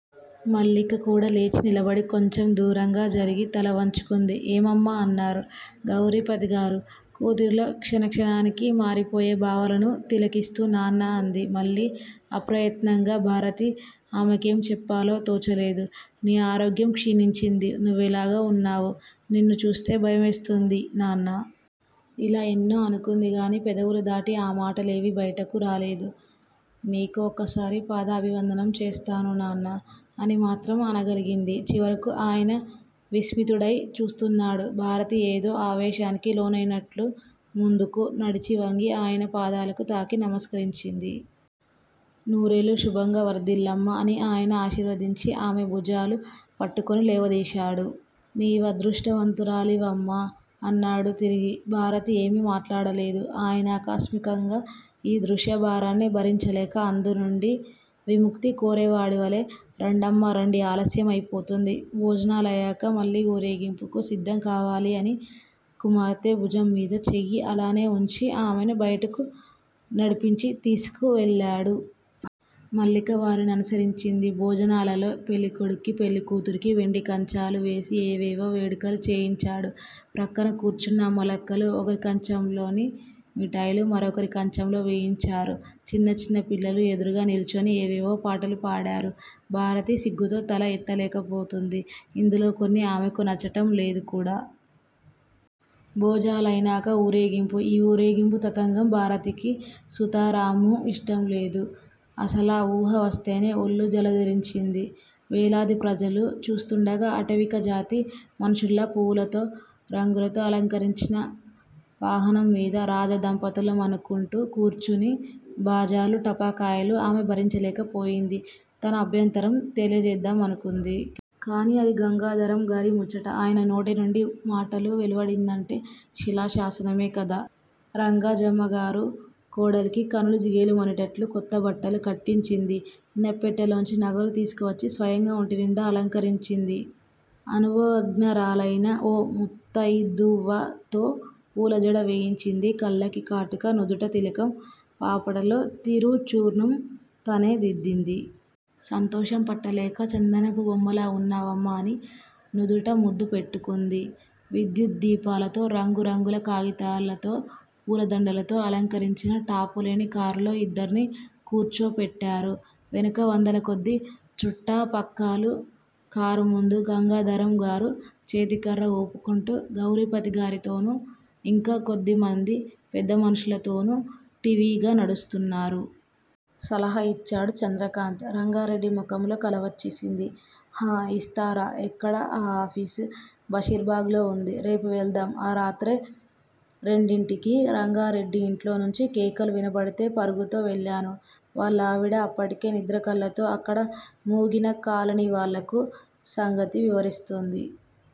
మల్లిక కూడా లేచి నిలబడి, కొంచెం దూరంగా జరిగి తల వంచుకుంది. ఏమమ్మా! అన్నారు గౌరీపతిగారు. కూతురిలో క్షణక్షణానికి మారిపోయే భావాలను తిలకిస్తూ. నాన్నా! అంది మళ్ళీ అప్రయత్నంగా భారతి. ఆమె కేం చెప్పాలో తోచలేదు. 'నీ ఆరోగ్యం క్షీణించింది. నువ్వెలాగో ఉన్నావు. నిన్ను చూస్తే భయమేస్తోంది, నాన్నా! ' ఇలా ఎన్నో అనుకుందిగాని పెదవులు దాటి ఆ మాటలేవీ బయటకు రాలేదు. నీకు ఒక్కసారి పాదాభివందనం చేస్తాను, నాన్నా అని మాత్రం అనగలిగింది చివరకు. ఆయన విస్మితుడై చూస్తున్నాడు. భారతి ఏదో ఆవేశానికి లోనైనట్లు ముందుకు నడిచి వంగి, ఆయన పాదాలను తాకి నమస్కరించింది. నూరేళ్ళు శుభంగా వర్ధిల్లమ్మా! అని ఆయన ఆశీర్వదించి, ఆమె భుజాలు పట్టుకుని లేవదీశాడు. నీవదృష్టవంతురాలివమ్మా అన్నాడు తిరిగి. భారతి ఏమీ మాట్లాడలేదు. ఆయన ఆకస్మికంగా యీ దృశ్యభారాన్ని భరించలేక, అందు నుండి విముక్తి కోరేవాడివలె రండమ్మా, రండి ఆలస్యమై పోతోంది. భోజనాలయినాక మళ్ళీ ఊరేగింపుకు సిద్ధం కావాలి అని కుమార్తె భుజంమీద చేయి అలానే వుంచి, ఆమెను బయటకు నడిపించి తీసుకువెళ్ళాడు. మల్లిక వారి ననుసరించింది. భోజనాలలో పెళ్ళికొడుక్కి, పెళ్ళికూతురికి వెండికంచాలు వేసి, ఏవేవో వేడుకలు చేయించాడు. ప్రక్కన కూర్చున్న అమ్మలక్కలు ఒకరి కంచంలోని మిటాయిలు మరొకరి కంచంలో వేయించారు. చిన్న చిన్న పిల్లలు ఎదురుగా నిల్చుని ఏవేవో పాటలు పాడారు. భారతి సిగ్గుతో తల ఎత్తలేకపోతూంది. ఇందులో కొన్ని ఆమెకు నచ్చటంలేదు కూడా. భోజాలయినాక ఊరేగింపు. యీ ఊరేగింపు తతంగం భారతికి సుతరామూ ఇష్టంలేదు. అసలా వూహ వస్తేనే ఒళ్ళు జలదరించింది. వేలాది ప్రజలు చూస్తూండగా, ఆటవికజాతి మనుషుల్లా పువ్వులతో, రంగులతో అలంకరించిన వాహనం మీద రాజదంపతుల మనుకుంటూ కూర్చుని బాజాలు, టపాకాయలు ఆమె భరించలేకపోయింది. తన అభ్యంతరం తెలియచేద్దామనుకుంది. కాని అది గంగాధరంగారి ముచ్చట ఆయన నోటి నుండి మాట వెలువడిందంటే శిలాశాసనమే కదా! రంగాజమ్మగారు కోడలికి కనులు జిగేలుమనేటట్లు కొత్తబట్టలు కట్టించింది. ఇనప్పెంట్టెలోంచి నగలు తీసుకువచ్చి స్వయంగా ఒంటినిండా అలంకరించింది. అనుభవజ్ఞరాలైన ఓ ముత్తైదువతో పూలజడ వేయించింది. కళ్ళకి కాటుక, నుదుట తిలకం, పాపటలో తిరుచూర్ణం తనే దిద్దింది. సంతోషం పట్టలేక చందనపు బొమ్మలా వున్నావమ్మా అని నుదుట ముద్దు పెట్టుకుంది. విద్యుద్దీపాలతో, రంగురంగుల కాగితాలతో పూలదండలతో అలంకరించిన టాపులేని కారులో యిద్దర్నీ కూర్చోపెట్టారు. వెనుక వందలకొద్దీ చుట్ట పక్కాలు. కారు ముందు గంగాధరంగారు చేతికర్ర ఊపుకుంటూ, గౌరీపతిగారితోనూ. ఇంకా కొద్దిమంది పెద్దమనుషులతోనూ ఠీవిగా నడుస్తున్నారు. సలహా ఇచ్చాడు చంద్రకాంత్. రంగారెడ్డి మొఖంలో కల వచ్చేసింది. ఆ! ఇస్తారా? ఎక్కడ ఆ ఆఫీసు? బషీర్ బాగ్ లో ఉంది! రేపు వెళ్దాం ఆ రాత్రే రెండింటికి రంగారెడ్డి ఇంట్లో నుంచి కేకలు వినబడితే పరుగుతో వెళ్ళాను. వాళ్ళావిడ అప్పటికే నిద్రకళ్ళతో అక్కడ మూగిన కాలనీవాళ్ళకు సంగతి వివరిస్తోంది.